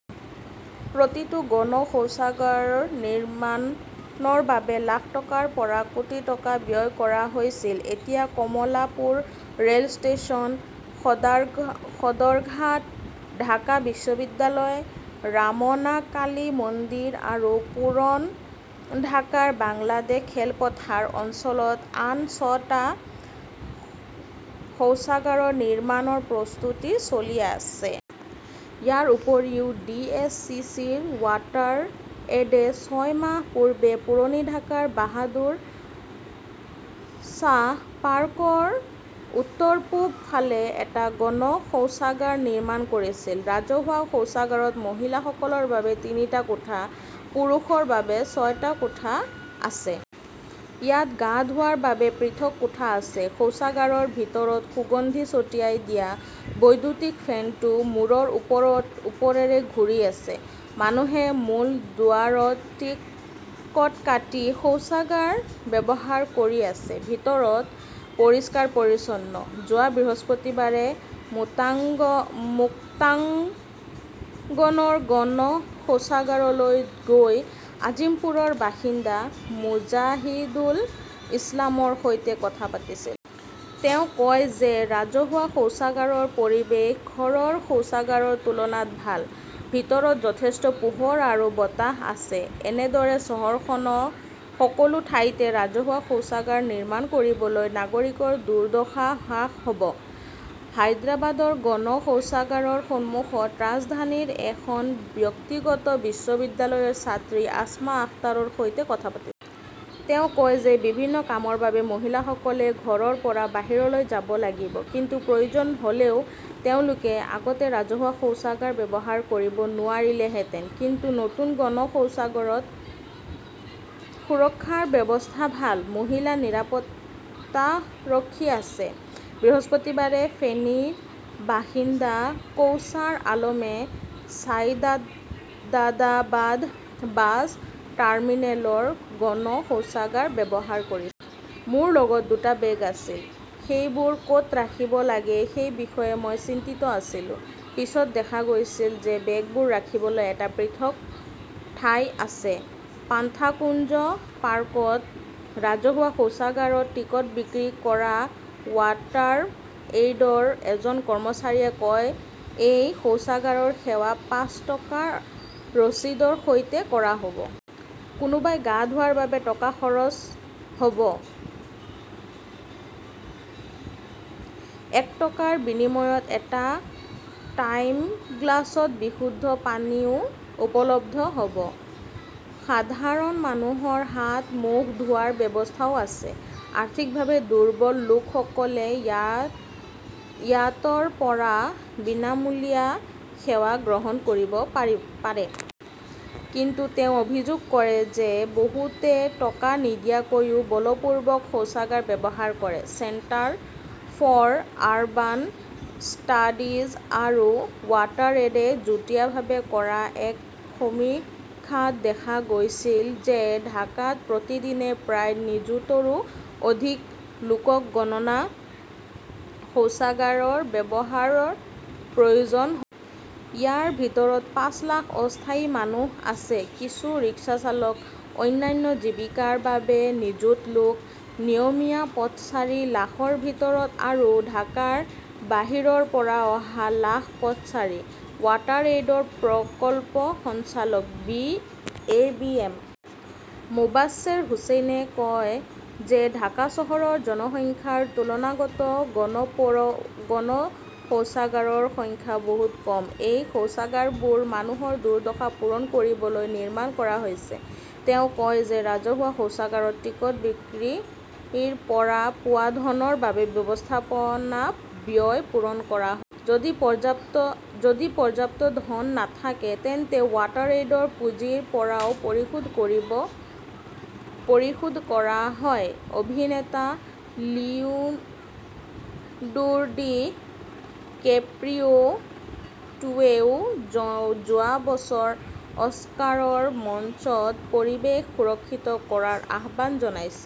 প্ৰতিটো গণ শৌচাগাৰ নিৰ্মাণৰ বাবে লাখ টকাৰ পৰা কোটি টকা ব্যয় কৰা হৈছিল। এতিয়া কমলাপুৰ ৰেল ষ্টেচন, সদৰঘাট, ঢাকা বিশ্ববিদ্যালয়, ৰামনা কালী মন্দিৰ আৰু পুৰণ ঢাকাৰ বাংলাদেশ খেলপথাৰ অঞ্চলত আন ছয়টা শৌচাগাৰৰ নিৰ্মাণৰ প্ৰস্তুতি চলি আছে। ইয়াৰ উপৰিও, ডি. এছ. চি. চি. ৱাটাৰএডে ছয় মাহ পূৰ্বে পুৰণি ঢাকাৰ বাহাদুৰ শ্বাহ পাৰ্কৰ উত্তৰ-পূব ফালে এটা গণ শৌচাগাৰ নিৰ্মাণ কৰিছিল। ৰাজহুৱা শৌচাগাৰত মহিলাসকলৰ বাবে তিনিটা কোঠা, পুৰুষৰ বাবে ছয়টা কোঠা আছে। ইয়াত গা ধোৱাৰ বাবে পৃথক কোঠা আছে। শৌচাগাৰৰ ভিতৰত সুগন্ধি ছটিয়াই দিয়া। বৈদ্যুতিক ফেনটো মূৰৰ ওপৰেৰে ঘূৰি আছে। মানুহে মূল দুৱাৰত টিকট কাটি শৌচাগাৰ ব্যৱহাৰ কৰি আছে। ভিতৰত পৰিষ্কাৰ-পৰিচ্ছন্ন। যোৱা বৃহস্পতিবাৰে মুক্তাংগনৰ গণ শৌচাগাৰলৈ গৈ আজিমপুৰৰ বাসিন্দা মুজাহিদুল ইছলামৰ সৈতে কথা পাতিছিল। তেওঁ কয় যে ৰাজহুৱা শৌচাগাৰৰ পৰিৱেশ ঘৰৰ শৌচাগাৰৰ তুলনাত ভাল। ভিতৰত যথেষ্ট পোহৰ আৰু বতাহ আছে। এনেদৰে চহৰখনৰ সকলো ঠাইতে ৰাজহুৱা শৌচাগাৰ নিৰ্মাণ কৰিলে নাগৰিকৰ দুৰ্দশা হ্ৰাস হ ব। হায়দৰাবাদৰ গণ শৌচাগাৰৰ সন্মুখত ৰাজধানীৰ এখন ব্যক্তিগত বিশ্ববিদ্যালয়ৰ ছাত্ৰী আছমা আখতাৰৰ সৈতে কথা পাতিছিল। তেওঁ কয় যে বিভিন্ন কামৰ বাবে মহিলাসকলে ঘৰৰ পৰা বাহিৰলৈ যাব লাগিব। কিন্তু প্ৰয়োজন হ'লেও তেওঁলোকে আগতে ৰাজহুৱা শৌচাগাৰ ব্যৱহাৰ কৰিব নোৱাৰিলেহেঁতেন। কিন্তু নতুন গণ শৌচাগাৰত সুৰক্ষাৰ ব্যৱস্থা ভাল। মহিলা নিৰাপত্তাৰক্ষী আছে। বৃহস্পতিবাৰে ফেনীৰ বাসিন্দা কৌচাৰ আলমে ছাইদাদাবাদ বাছ টাৰ্মিনেলৰ গণ শৌচাগাৰ ব্যৱহাৰ কৰিছিল। মোৰ লগত দুটা বেগ আছিল। সেইবোৰ ক'ত ৰাখিব লাগে সেই বিষয়ে মই চিন্তিত আছিলো। পিছত দেখা গৈছিল যে, বেগবোৰ ৰাখিবলৈ এটা পৃথক ঠাই আছে। পান্থাকুঞ্জ পাৰ্কত ৰাজহুৱা শৌচাগাৰত টিকট বিক্ৰী কৰা ৱাটাৰএইডৰ এজন কৰ্মচাৰীয়ে কয়, এই শৌচাগাৰৰ সেৱা পাঁচ টকাৰ ৰচিদৰ সৈতে কৰা হ'ব। কোনোবাই গা ধোৱাৰ বাবে টকা খৰচ হ'ব। এক টকাৰ বিনিময়ত এটা টাইমগ্লাছত বিশুদ্ধ খোৱা পানীও উপলব্ধ হ'ব। সাধাৰণ মানুহৰ হাত-মুখ ধোৱাৰ ব্যৱস্থাও আছে। আৰ্থিকভাৱে দুৰ্বল লোকসকলে ইয়াতৰ পৰা বিনামূলীয়া সেৱা গ্ৰহণ কৰিব পাৰে। কিন্তু তেওঁ অভিযোগ কৰে যে, বহুতে টকা নিদিয়াকৈ বলপূৰ্বক শৌচাগাৰ ব্যৱহাৰ কৰে। চেণ্টাৰ ফৰ আৰবান ষ্টাডিজ আৰু ৱাটাৰএডে যুটীয়াভাৱে কৰা এক সমীক্ষাত দেখা গৈছিল যে ঢাকাত প্ৰতিদিনে প্ৰায় নিযুতৰো অধিক লোকক গণ শৌচাগাৰৰ ব্যৱহাৰৰ প্ৰয়োজন হয়। ইয়াৰ ভিতৰত পাঁচ লাখ অস্থায়ী মানুহ আছে, কিছু ৰিক্সা চালক। অন্যান্য জীৱিকাৰ বাবে নিযুত লোক। নিয়মীয়া পথচাৰী লাখৰ ভিতৰত আৰু ঢাকাৰ বাহিৰৰ পৰা অহা লাখ পথচাৰী। ৱাটাৰ এইডৰ প্ৰকল্প সঞ্চালক এ. বি. এম. মোবাশ্বেৰ হুচেইনে কয় যে ঢাকা চহৰৰ জনসংখ্যাৰ তুলনাত গণ শৌচাগাৰৰ সংখ্যা বহু কম। এই শৌচাগাৰবোৰ মানুহৰ দুৰ্দশা পূৰণ কৰিবলৈ নিৰ্মাণ কৰা হৈছে। তেওঁ কয় যে ৰাজহুৱা শৌচাগাৰত টিকট বিক্ৰীৰ পৰা পোৱা ধনৰ পৰা ব্যৱস্থাপনা ব্যয় পূৰণ কৰা হয়। যদি পৰ্যাপ্ত ধন নাথাকে তেন্তে ৱাটাৰএইডৰ পুঁজিৰ পৰাও পৰিশোধ কৰা হয়। অভিনেতা লিওনৰ্ডো ডি কেপ্ৰিঅ "টোৱেও যোৱা বছৰ অস্কাৰৰ মঞ্চত পৰিৱেশ সুৰক্ষিত কৰাৰ আহ্বান জনাইছে।